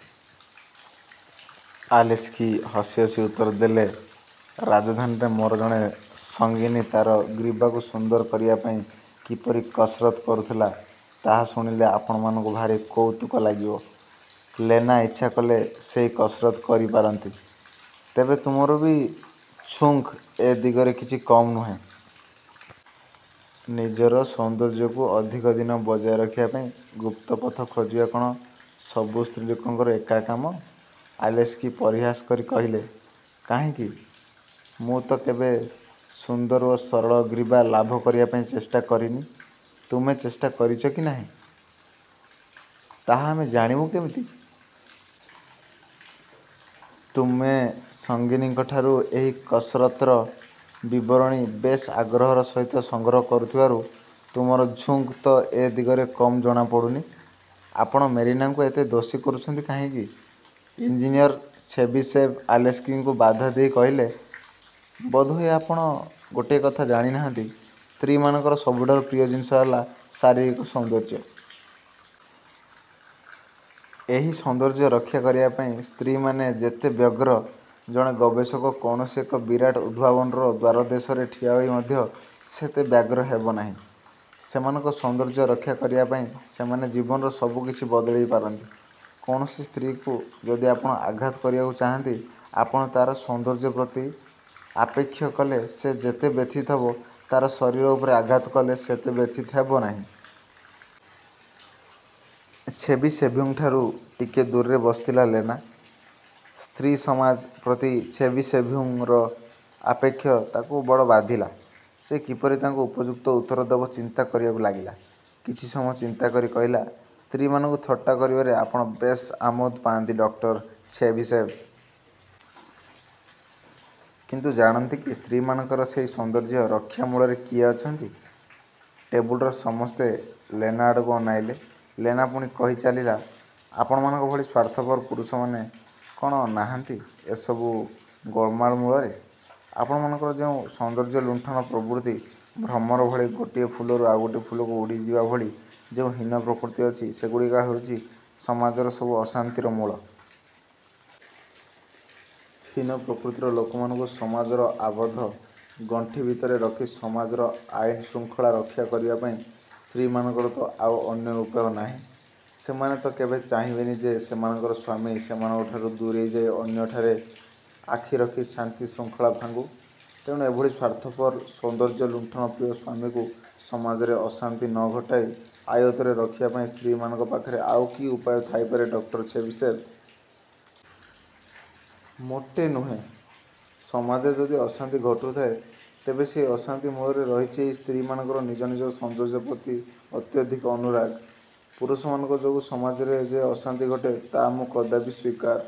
'' ଆଲେସ୍କି ହସି ହସି ଉତ୍ତର ଦେଲେ। ''ରାଜଧାନୀରେ ମୋର ଜଣେ ସଙ୍ଗିନୀ ତା'ର ଗ୍ରୀବାକୁ ସୁନ୍ଦର କରିବା ପାଇଁ କିପରି କସରତ୍ କରୁଥିଲା, ତାହା ଶୁଣିଲେ ଆପଣମାନଙ୍କୁ ଭାରି କୌତୁକ ଲାଗିବ। ଲେନା ଇଚ୍ଛାକଲେ ସେହି କସରତ କରିପାରନ୍ତି। '' ତେବେ ତୁମର ବି ଝୁଙ୍କ୍ ଏ ଦିଗରେ କିଛି କମ୍ ନୁହେଁ। ନିଜର ସୌନ୍ଦର୍ଯ୍ୟକୁ ଅଧିକ ଦିନ ବଜାୟ ରଖିବା ପାଇଁ ଗୁପ୍ତପଥ ଖୋଜିବା କ'ଣ ସବୁ ସ୍ତ୍ରୀଲୋକଙ୍କର ଏକା କାମ। '' ଆଲେସ୍କି ପରିହାସ କରି କହିଲେ। ''କାହିଁକି, ମୁଁ ତ କେବେ ସୁନ୍ଦର ଓ ସରଳ ଗ୍ରୀବା ଲାଭ କରିବା ପାଇଁ ଚେଷ୍ଟା କରିନି। '' ''ତୁମେ ଚେଷ୍ଟା କରିଛ କି ନାହିଁ, ତାହା ଆମେ ଜାଣିବୁ କେମିତି? ତୁମେ ସଙ୍ଗିନୀଙ୍କଠାରୁ ଏହି କସରତ୍ର ବିବରଣୀ ବେଶ୍ ଆଗ୍ରହର ସହିତ ସଂଗ୍ରହ କରୁଥିବାରୁ ତୁମର ଝୁଙ୍କ୍ ତ ଏ ଦିଗରେ କମ୍ ଜଣାପଡ଼ୁନି। '' ''ଆପଣ ମେରିନାଙ୍କୁ ଏତେ ଦୋଷୀ କରୁଛନ୍ତି କାହିଁକି? '' ଇଞ୍ଜିନିୟର ଛେବିସେଭ୍ ଆଲେସ୍କିଙ୍କୁ ବାଧା ଦେଇ କହିଲେ। ''ବୋଧହୁଏ ଆପଣ ଗୋଟିଏ କଥା ଜାଣିନାହାନ୍ତି-ସ୍ତ୍ରୀମାନଙ୍କର ସବୁଠାରୁ ପ୍ରିୟ ଜିନିଷ ହେଲା ଶାରୀରିକ ସୌନ୍ଦର୍ଯ୍ୟ। ଏହି ସୌନ୍ଦର୍ଯ୍ୟ ରକ୍ଷା କରିବା ପାଇଁ ସ୍ତ୍ରୀମାନେ ଯେତେ ବ୍ୟଗ୍ର, ଜଣେ ଗବେଷକ କୌଣସି ଏକ ବିରାଟ ଉଦ୍ଭାବନର ଦ୍ୱାରଦେଶରେ ଠିଆହୋଇ ମଧ୍ୟ ସେତେ ବ୍ୟଗ୍ର ହେବ ନାହିଁ। ସେମାନଙ୍କ ସୌନ୍ଦର୍ଯ୍ୟ ରକ୍ଷା କରିବା ପାଇଁ ସେମାନେ ଜୀବନର ସବୁ କିଛି ବଳିଦେଇ ପାରନ୍ତି। କୌଣସି ସ୍ତ୍ରୀକୁ ଯଦି ଆପଣ ଆଘାତ କରିବାକୁ ଚାହାନ୍ତି, ଆପଣ ତା'ର ସୌନ୍ଦର୍ଯ୍ୟ ପ୍ରତି ଆପେକ୍ଷ କଲେ ସେ ଯେତେ ବ୍ୟଥିତ ହେବ, ତାର ଶରୀର ଉପରେ ଆଘାତ କଲେ ସେତେ ବ୍ୟଥିତ ହେବ ନାହିଁ। '' ଛେବିସେଭ୍ଙ୍କଠାରୁ ଟିକିଏ ଦୂରେଇ ବସିଥିଲା ଲେନା। ସ୍ତ୍ରୀସମାଜ ପ୍ରତି ଛେବିସେଭ୍ଙ୍କର ଆପେକ୍ଷ ତା'କୁ ବଡ଼ ବାଧିଲା। ସେ କିପରି ତାଙ୍କୁ ଉପଯୁକ୍ତ ଉତ୍ତର ଦେବ ଚିନ୍ତା କରିବାକୁ ଲାଗିଲା। କିଛି ସମୟ ଚିନ୍ତା କରି କହିଲା, ''ସ୍ତ୍ରୀମାନଙ୍କୁ ଥଟ୍ଟା କରିବାରେ ଆପଣ ବେଶ୍ ଆମୋଦ ପାଆନ୍ତି ଡକ୍ଟର ଛେବିସେଭ୍! କିନ୍ତୁ ଜାଣନ୍ତି କି ସ୍ତ୍ରୀମାନଙ୍କର ସେହି ସୌନ୍ଦର୍ଯ୍ୟ ରକ୍ଷା ମୂଳରେ କିଏ ଅଛନ୍ତି? '' ଟେବୁଲର ସମସ୍ତେ ଲେନା ଆଡ଼କୁ ଅନାଇଲେ। ଲେନା ପୁଣି କହି ଚାଲିଲା ''ଆପଣମାନଙ୍କ ଭଳି ସ୍ୱାର୍ଥପର ପୁରୁଷମାନେ କଣ ନାହାନ୍ତି ଏସବୁ ଗୋଳମାଳ ମୂଳରେ? ଆପଣମାନଙ୍କର ଯେଉଁ ସୌନ୍ଦର୍ଯ୍ୟଲୁଣ୍ଠନ ପ୍ରବୃତ୍ତି, ଭ୍ରମରଭଳି ଗୋଟିଏ ଫୁଲରୁ ଆଉ ଗୋଟିଏ ଫୁଲକୁ ଉଡ଼ିଯିବା ଭଳି ଯେଉଁ ହୀନ ପ୍ରକୃତି ଅଛି, ସେଗୁଡ଼ିକ ହେଉଛି ସମାଜର ସବୁ ଅଶାନ୍ତିର ମୂଳ-। ହୀନ ପ୍ରକୃତିର ଲୋକମାନଙ୍କୁ ସମାଜର ଆବଦ୍ଧ ଗଣ୍ଡି ଭିତରେ ରଖି ସମାଜର ଆଇନ୍ଶୃଙ୍ଖଳା ରକ୍ଷା କରିବା ପାଇଁ ସ୍ତ୍ରୀମାନଙ୍କର ତ ଆଉ ଅନ୍ୟ ଉପାୟ ନାହିଁ। ସେମାନେ ତ କେବେ ଚାହିଁବେନି ଯେ ସେମାନଙ୍କର ସ୍ୱାମୀ ସେମାନଙ୍କଠାରୁ ଦୂରେଇଯାଇ ଅନ୍ୟଠାରେ ଆଖିରଖି ଶାନ୍ତି-ଶୃଙ୍ଖଳା ଭାଙ୍ଗୁ। ତେଣୁ ଏଭଳି ସ୍ୱାର୍ଥପର, ସୌନ୍ଦର୍ଯ୍ୟଲୁଣ୍ଠନପ୍ରିୟ ସ୍ୱାମୀକୁ ସମାଜରେ ଅଶାନ୍ତି ନ ଘଟାଇ ଆୟତ୍ତରେ ରଖିବା ପାଇଁ ସ୍ତ୍ରୀମାନଙ୍କ ପାଖରେ ଆଉ କି ଉପାୟ ଥାଇପାରେ ଉକ୍ଟର ଛେବିସେଭ୍। '' ''ମୋଟେ ନୁହେଁ। ସମାଜରେ ଯଦି ଅଶାନ୍ତି ଘଟୁଥାଏ, ତେବେ ସେହି ଅଶାନ୍ତି ମୂଳରେ ରହିଛି ଏଇ ସ୍ତ୍ରୀମାନଙ୍କର ନିଜ ନିଜ ସୌନ୍ଦର୍ଯ୍ୟ ପ୍ରତି ଅତ୍ୟଧିକ ଅନୁରାଗ। ପୁରୁଷମାନଙ୍କ ଯୋଗୁଁ ସମାଜରେ ଯେ ଅଶାନ୍ତି ଘଟେ, ତା ମୁଁ କଦାପି ସ୍ୱୀକାର